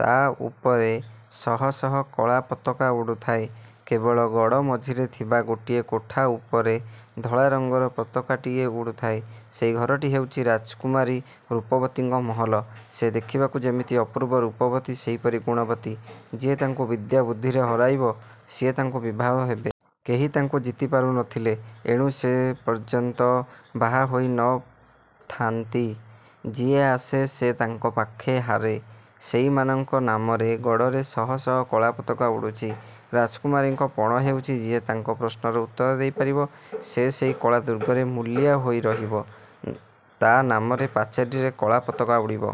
ତା ଉପରେ ଶହ ଶହ କଳା ପତାକା ଉଡ଼ୁଥାଏ। କେବଳ ଗଡ଼ ମଝିରେ ଥିବା ଗୋଟିଏ କୋଠା ଉପରେ ଧଳା ରଙ୍ଗର ପତାକାଟିଏ ଉଡ଼ୁଥାଏ। ସେଇ ଘରଟି ହେଉଛି, ରାଜକୁମାରୀ ରୂପବତୀଙ୍କ ମହଲ। ସେ ଦେଖିବାକୁ ଯେମିତି ଅପୂର୍ବ ରୂପବତୀ, ସେହିପରି ଗୁଣବତୀ। ଯିଏ ତାଙ୍କୁ ବିଦ୍ୟା, ବୁଦ୍ଧିରେ ହରାଇବ, ସିଏ ତାଙ୍କୁ ବିବାହ ହେବେ। କେହି ତାଙ୍କୁ ଜିତି ପାରୁ ନ ଥିଲେ। ଏଣୁ ସେ ପର୍ଯ୍ୟନ୍ତ ବାହା ହୋଇ ନ ଥାନ୍ତି। ଯିଏ ଆସେ ସେ ତାଙ୍କ ପାଖେ ହାରେ। ସେଇମାନଙ୍କ ନାମରେ ଗଡ଼ରେ ଶହ ଶହ କଳା ପତାକା ଉଡ଼ୁଛି। ରାଜକୁମାରୀଙ୍କ ପଣ ହେଉଛି, ଯିଏ ତାଙ୍କ ପ୍ରଶ୍ନର ଉତ୍ତର ଦେଇ ନ ପାରିବ, ସିଏ ସେଇ କଳା ଦୁର୍ଗରେ ମୂଲିଆ ହୋଇ ରହିବ, ତା ନାମରେ ପାଚେରିରେ କଳା ପତାକା ଉଡ଼ିବ।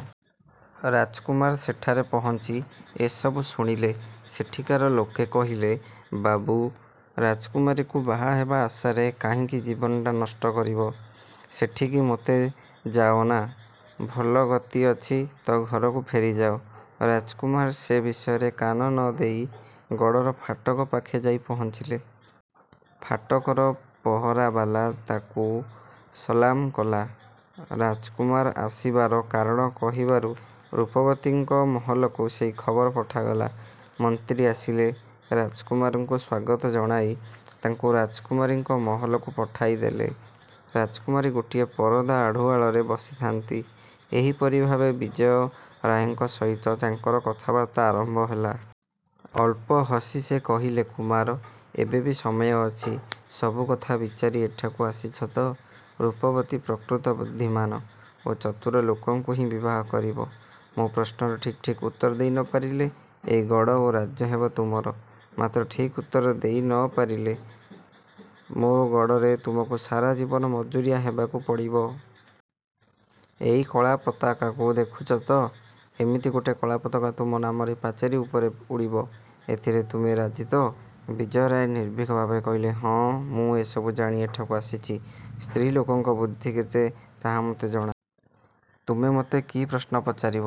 ରାଜକୁମାର ସେଠାରେ ପହଞ୍ଚି ଏସବୁ ଶୁଣିଲେ। ସେଠିକାର ଲୋକେ କହିଲେ, ବାବୁ, ରାଜକୁମାରୀକୁ ବାହା ହେବା ଆଶାରେ କାହିଁକି ଜୀବନଟା ନଷ୍ଟ କରିବ? ସେଠିକି ମୋଟେ ଯାଅନା। ଭଲ ଗତି ଅଛି ତ ଘରକୁ ଫେରିଯାଅ। ରାଜକୁମାର ସେ ବିଷୟରେ କାନ ନ ଦେଇ ଗଡ଼ର ଫାଟକ ପାଖେ ଯାଇ ପହଞ୍ଚିଲେ। ଫାଟକର ପହରାବାଲା ତାଙ୍କୁ ସଲାମ କଲା। ରାଜକୁମାର ଆସିବାର କାରଣ କହିବାରୁ ରୂପବତୀଙ୍କ ମହଲକୁ ସେଇ ଖବର ପଠାଗଲା। ମନ୍ତ୍ରୀ ଆସିଲେ, ରାଜକୁମାରଙ୍କୁ ସ୍ୱାଗତ ଜଣାଇ ତାଙ୍କୁ ରାଜକୁମାରୀଙ୍କ ମହଲକୁ ପଠାଇଦେଲେ। ରାଜକୁମାରୀ ଗୋଟିଏ ପରଦା ଆଢ଼ୁଆଳରେ ବସିଥାନ୍ତି। ଏହିପରି ଭାବେ ବିଜୟ ରାୟଙ୍କ ସହିତ ତାଙ୍କର କଥାବାର୍ତ୍ତା ଆରମ୍ଭ ହେଲା। ଅଳ୍ପ ହସି ସେ କହିଲେ, କୁମାର! ଏବେ ବି ସମୟ ଅଛି। ସବୁ କଥା ବିଚାରି ଏଠାକୁ ଆସିଛ ତ? ରୂପବତୀ ପ୍ରକୃତ ବୁଦ୍ଧିମାନ୍ ଓ ଚତୁର ଲୋକକୁ ହିଁ ବିବାହ କରିବ। ମୋ ପ୍ରଶ୍ନର ଠିକ୍ ଠିକ୍ ଉତ୍ତର ଦେଇପାରିଲେ ଏଇ ଗଡ଼ ଓ ରାଜ୍ୟ ହେବ ତୁମର, ମାତ୍ର ଠିକ୍ ଉତ୍ତର ଦେଇ ନ ପାରିଲେ ମୋ ଗଡ଼ରେ ତୁମକୁ ସାରା ଜୀବନ ମଜୁରିଆ ହେବାକୁ ପଡ଼ିବ। ଏଇ କଳା ପତାକାକୁ ଦେଖୁଛ ତ? ଏମିତି ଗୋଟିଏ କଳା ପତାକା ତୁମ ନାମରେ ପାଚେରି ଉପରେ ଉଡ଼ିବ। ଏଥିରେ ତୁମେ ରାଜି ତ? ବିଜୟ ରାୟ ନିର୍ଭୀକ ଭାବେ କହିଲେ, ହଁ ମୁଁ ଏସବୁ ଜାଣି ଏଠାକୁ ଆସିଛି। ସ୍ତ୍ରୀ ଲୋକଙ୍କ ବୁଦ୍ଧି କେତେ ତାହା ମୋତେ ଜଣା। ତୁମେ ମୋତେ କି ପ୍ରଶ୍ନ ପଚାରିବ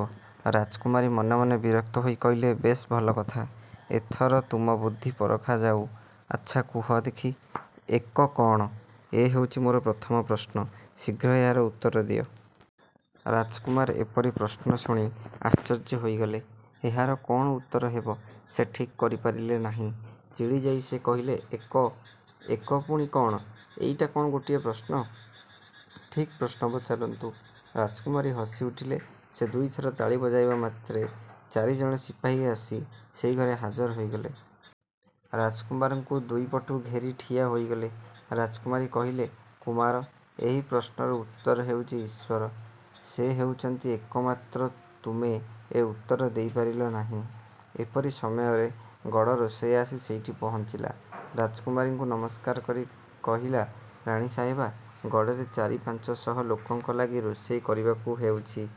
ରାଜକୁମାରୀ ମନେ ମନେ ବିରକ୍ତ ହୋଇ କହିଲେ, ବେଶ୍, ଭଲ କଥା। ଏଥର ତୁମ ବୁଦ୍ଧି ପରଖା ଯାଉ। ଆଚ୍ଛା କୁହ ଦେଖି ଏକ କ'ଣ? ଏ ହେଉଛି ମୋର ପ୍ରଥମ ପ୍ରଶ୍ନ। ଶୀଘ୍ର ଏହାର ଉତ୍ତର ଦିଅ! ରାଜକୁମାର ଏପରି ପ୍ରଶ୍ନ ଶୁଣି ଆଶ୍ଚର୍ଯ୍ୟ ହୋଇଗଲେ। ଏହାର କ'ଣ ଉତ୍ତର ହେବ, ସେ ଠିକ୍ କରିପାରିଲେ ନାହିଁ। ଚିଡ଼ିଯାଇ ସେ କହିଲେ, ଏକ! ଏକ ପୁଣି କ'ଣ! ଏଇଟା କ'ଣ ଗୋଟିଏ ପ୍ରଶ୍ନ? ଠିକ୍ ପ୍ରଶ୍ନ ପଚାରନ୍ତୁ। ରାଜକୁମାରୀ ହସି ଉଠିଲେ। ସେ ଦୁଇ ଥର ତାଳି ବଜାଇବା ମାତ୍ରେ ଚାରି ଜଣ ସିପାହି ଆସି ସେଇ ଘରେ ହାଜର ହୋଇଗଲେ। ରାଜକୁମାରଙ୍କୁ ଦୁଇ ପଟୁ ଘେରି ଠିଆ ହୋଇଗଲେ। ରାଜକୁମାରୀ କହିଲେ, କୁମାର, ଏହି ପ୍ରଶ୍ନର ଉତ୍ତର ହେଉଛି ଈଶ୍ୱର। ସେ ହେଉଛନ୍ତି ଏକ, ମାତ୍ର ତୁମେ ଏ ଉତ୍ତର ଦେଇପାରିଲ ନାହିଁ। ଏପରି ସମୟରେ ଗଡ଼ ରୋଷେଇଆ ଆସି ସେଇଠି ପହଞ୍ଚିଲା। ରାଜକୁମାରୀଙ୍କୁ ନମସ୍କାର କରି କହିଲା, ରାଣୀ ସାହେବା, ଗଡ଼ରେ ଚାରି ପାଞ୍ଚ ଶହ ଲୋକଙ୍କ ଲାଗି ରୋଷେଇ କରିବାକୁ ହେଉଛି।